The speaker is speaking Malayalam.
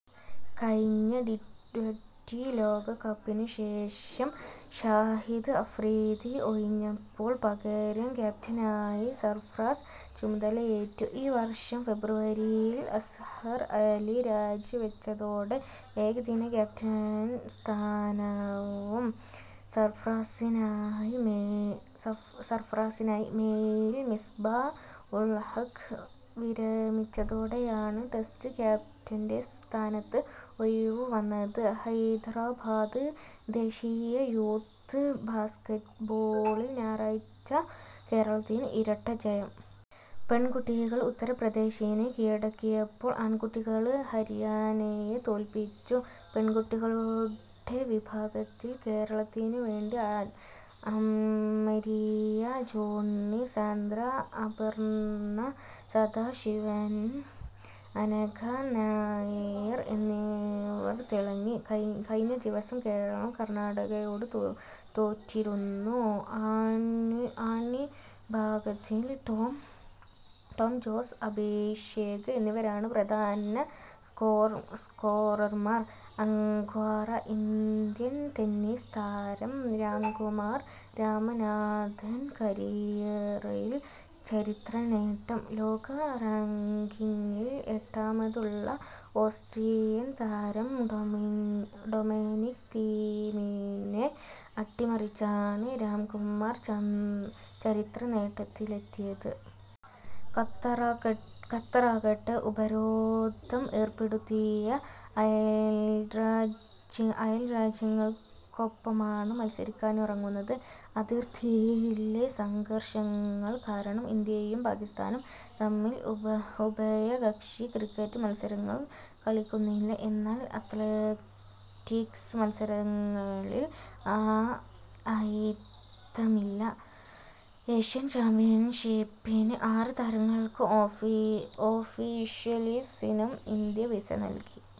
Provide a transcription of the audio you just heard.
കഴിഞ്ഞ ടിട്വന്റി ലോകകപ്പിനുശേഷം ഷാഹിദ് അഫ്രീദി ഒഴിഞ്ഞപ്പോള് പകരം ക്യാപ്റ്റനായി സര്ഫ്രാസ് ചുമതലയേറ്റു. ഈ വര്ഷം ഫെബ്രുവരിയില് അസ്ഹര് അലി രാജിവെച്ചതോടെ ഏകദിന ക്യാപ്റ്റന്സ്ഥാനവും സര്ഫ്രാസിനായി. മേയില് മിസ്ബാ ഉള് ഹഖ് വിരമിച്ചതോടെയാണ് ടെസ്റ്റ് ക്യാപ്റ്റന്റെ സ്ഥാനത്ത് ഒഴിവുവന്നത്. ഹൈദരാബാദ്:ദേശീയ യൂത്ത് ബാസ്കറ്റ്ബോളില് ഞായറാഴ്ച കേരളത്തിന് ഇരട്ട ജയം. പെണ്കുട്ടികള് ഉത്തര്പ്രദേശിനെ കീഴടക്കിയപ്പോള് ആണ്കുട്ടികള് ഹരിയാണയെ തോല്പിച്ചു. പെണ്കുട്ടികളുടെ വിഭാഗത്തില് കേരളത്തിനുവേണ്ടി ആന്മരിയ ജോണി, സാന്ദ്ര, അപര്ണ സദാശിവന്, അനഘ നായര് എന്നിവര് തിളങ്ങി. കഴിഞ്ഞദിവസം കേരളം കര്ണാടകയോട് തോറ്റിരുന്നു. ആണ്വിഭാഗത്തില് ടോം ജോസ്, അഭിഷേക് എന്നിവരാണ് പ്രധാന സ്കോറര്മാര്. അങ്കാറ:ഇന്ത്യന് ടെന്നീസ് താരം രാംകുമാര് രാമനാഥന് കരിയറില് ചരിത്രനേട്ടം. ലോക റാങ്കിങ്ങില് എട്ടാമതുള്ള ഓസ്ട്രിയന് താരം ഡൊമിനിക് തീമിനെ അട്ടിമറിച്ചാണ് രാംകുമാര് ചരിത്രനേട്ടത്തിലെത്തിയത്. ഖത്തറാകട്ടെ, ഉപരോധം ഏര്പ്പെടുത്തിയ അയല്രാജ്യങ്ങള്ക്കൊപ്പമാണ് മത്സരിക്കാനിറങ്ങുന്നത്. അതിര്ത്തിയിലെ സംഘര്ഷങ്ങള് കാരണം ഇന്ത്യയും പാകിസ്താനും തമ്മില് ഉഭയകക്ഷി ക്രിക്കറ്റ് മത്സരങ്ങള് കളിക്കുന്നില്ല. എന്നാല് അത്ലറ്റിക്സ് മത്സരങ്ങളില് ആ അയിത്തമില്ല. ഏഷ്യന് ചാമ്പ്യന്ഷിപ്പിന് ആറ് താരങ്ങള്ക്കും ഓഫീഷ്യല്സിനും ഇന്ത്യ വിസ നല്കി.